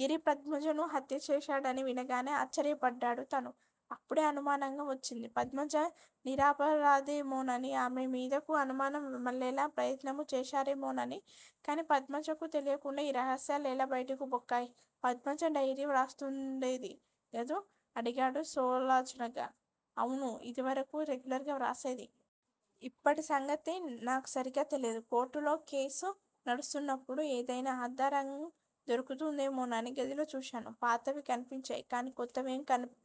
గిరి పద్మజను హత్య చేశాడని వినగానే ఆశ్చర్యపడ్డాడు తను. అప్పుడే అనుమానం వచ్చింది. పద్మజ నిరపరాధేమోనని, ఆమె మీదకు అనుమానం మళ్లేలా ప్రయత్నము చేశారేమోనని కానీ పద్మజకు తెలియకుండా ఈ రహస్యాలెలా బయటకు పొక్కాయి? పద్మజ డైరీ వ్రాస్తుండేది గదూ? అడిగాడు సాలోచనగా. అవును, ఇదివరకు రెగ్యులర్ గా వ్రాసేది. ఇప్పటి సంగతి నాకు సరిగా తెలియదు. కోర్టులో కేసు నడుస్తున్నప్పుడు ఏదయినా ఆధారం దొరుకుతుందేమోనని గదిలో చూశాను. పాతవి కనిపించాయి గాని కొత్తవేం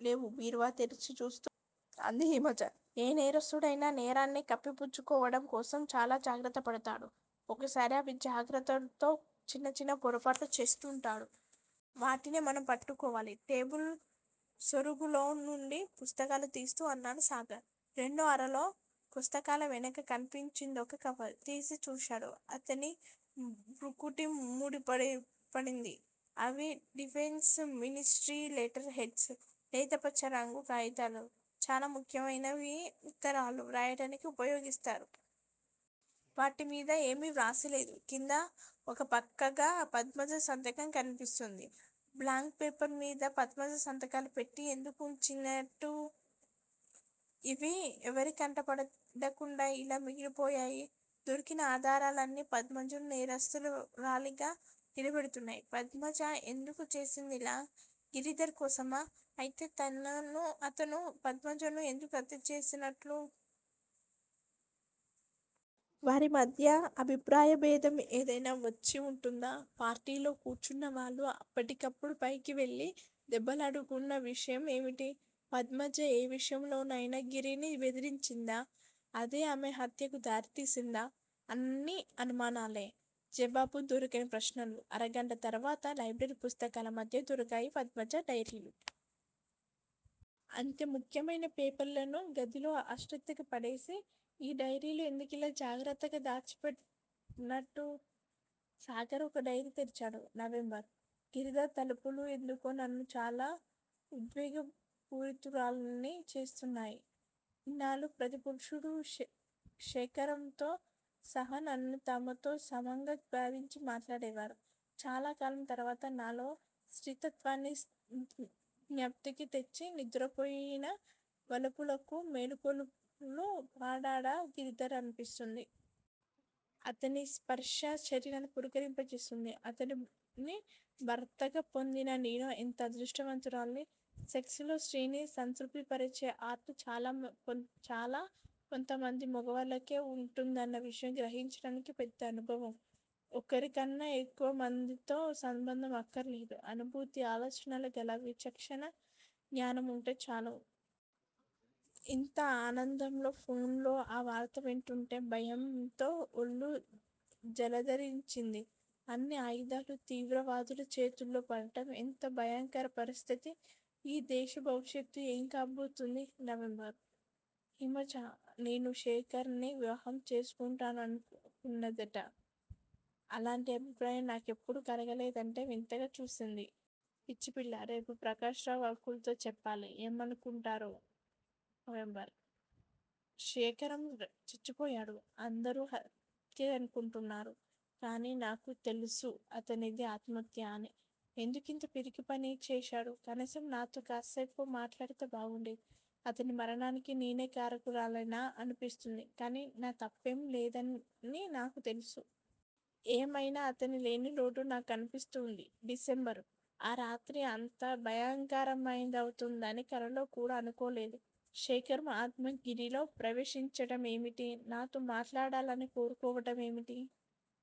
లేవు బీరువా తెరచి చూస్తూ అంది హిమజ. ఏ నేరస్థుడయినా నేరాన్ని కప్పిపుచ్చుకోవడం కోసం చాలా జాగ్రత్తపడతాడు. ఒక్కోసారి అతి జాగ్రత్తతో చిన్న చిన్న పొరపాట్లు చేస్తుంటాడు. వాటినే మనం పట్టుకోవాలి టేబుల్ సొరుగులో నుండి పుస్తకాలు తీస్తూ అన్నాడు సాగర్. రెండో అరలో పుస్తకాల వెనక కనిపించిందొక కవర్. తీసి చూశాడు. అతని భృకుటి ముడిపడింది. అవి డిఫెన్సు మినిస్ట్రీ లెటర్ హెడ్స్. లేతపచ్చరంగు కాగితాలు చాలా ముఖ్యమైనవి ఉత్తరాలు వ్రాయడానికి ఉపయోగిస్తారు. వాటి మీద ఏమీ వ్రాసిలేదు. క్రింద ఒక పక్కగా పద్మజ సంతకం కనిపిస్తోంది. బ్లాంక్ పేపర్లమీద పద్మజ సంతకాలు పెట్టి ఎందుకుంచినట్టు? ఇవి ఎవరికంటాపడకుండా ఎలా మిగిలిపోయాయి? దొరికిన ఆధారాలన్నీ పద్మజను నేరస్తురాలిగా నిలబెడుతున్నాయి. పద్మజ ఎందుకు చేసిందిలా? గిరిధర్ కోసమా? అయితే అతను పద్మజను ఎందుకు హత్యచేసినట్లు? వారి మధ్య అభిప్రాయభేదం ఏదైనా వచ్చి వుంటుందా? పార్టీలో కూర్చున్నవాళ్ళు అప్పటికప్పుడు పైకి వెళ్ళి దెబ్బలాడుకున్న విషయం ఏమిటి? పద్మజ ఏ విషయంలోనయినా గిరిని బెదిరించిందా? అదే ఆమె హత్యకు దారితీసిందా? అన్నీ అనుమానాలే. జవాబు దొరకని ప్రశ్నలు. అరగంట తర్వాత లైబ్రరీ పుస్తకాల మధ్య దొరికాయి పద్మజ డైరీలు. అంత ముఖ్యమైన పేపర్లను గదిలో అశ్రద్దగా పడేసి ఈ డైరీలు ఎందుకిలా జాగ్రత్తగా దాచినట్టు? సాగర్ ఒక డైరీ తెరిచాడు. నవంబరు: గిరిధర్ తలపులు ఎందుకో నన్ను చాలా ఉద్వేగ పూరితురాల్ని చేస్తున్నాయి, ఇన్నాళ్ళూ ప్రతి పురుషుడూ శేఖరంతో సహా నన్ను తమతో సమంగా భావించి మాట్లాడేవారు, చాలాకాలం తర్వాత నాలో స్త్రీత్వాన్ని జ్ఞప్తికి తెచ్చి నిదురపోయిన వలపులకు మేల్కొలుపు పాడాడా గిరిధర్ అనిపిస్తోంది. అతని స్పర్శ శరీరాన్ని పులకింపజేసింది. అతడిని భర్తగా పొందిన నేను ఎంత అదృష్టవంతురాల్ని. సెక్స్ లో స్త్రీని సంతృప్తిపరిచే ఆర్ట్ చాలా కొద్దిమంది మగవాళ్ళకే వుంటుందన్న విషయం గ్రహించడానికి పెద్ద అనుభవం, ఒకరికన్నా ఎక్కువ మందితో సంబంధం అక్కర్లేదు. అనుభూతి, ఆలోచించగల విచక్షణా జ్ఞానం వుంటే చాలు. ఇంత ఆనందంలో ఫోన్లో ఆ వార్త వింటుంటే భయంతో ఒళ్ళు జలదరించింది. అన్ని ఆయుధాలు తీవ్రవాదుల చేతుల్లో పడడం ఎంత భయంకర పరిస్థితి! ఈ దేశ భవిష్యత్తు ఏం కాబోతుంది? నవంబరు: హిమజ నేను శేఖరాన్ని వివాహం చేసుకుంటాననుకున్నదిట. అలాంటి అభిప్రాయం నాకెప్పుడూ కలగలేదంటే వింతగా చూసింది. పిచ్చిపిల్ల. రేపు ప్రకాశరావు అంకుల్ తో చెప్పాలి. ఏమనుకుంటారో? నవంబరు: శేఖరం చచ్చిపోయాడు. అందరూ హత్య అనుకున్నారు. కాని నాకు తెలుసు అతనిది ఆత్మహత్య అని. ఎందుకింత పిరికిపని చేశాడు? కనీసం నాతో కాస్సేపు మాట్లాడితే బాగుండేది. అతని మరణానికి నేనె కారకురాలినా అనిపిస్తోంది. కాని నా తప్పేం లేదని నాకు తెలుసు. ఏమయినా అతని లేని లోటు నాకు కనిపిస్తోంది. డిసెంబరు: ఆ రాత్రి అంత భయంకరమైనదవుతుందని కలలో కూడా అనుకోలేదు. శేఖరం ఆత్మ గిరిలో ప్రవేశించటమేమిటి? నాతో మాట్లాడాలని కోరుకోవటమేమిటి?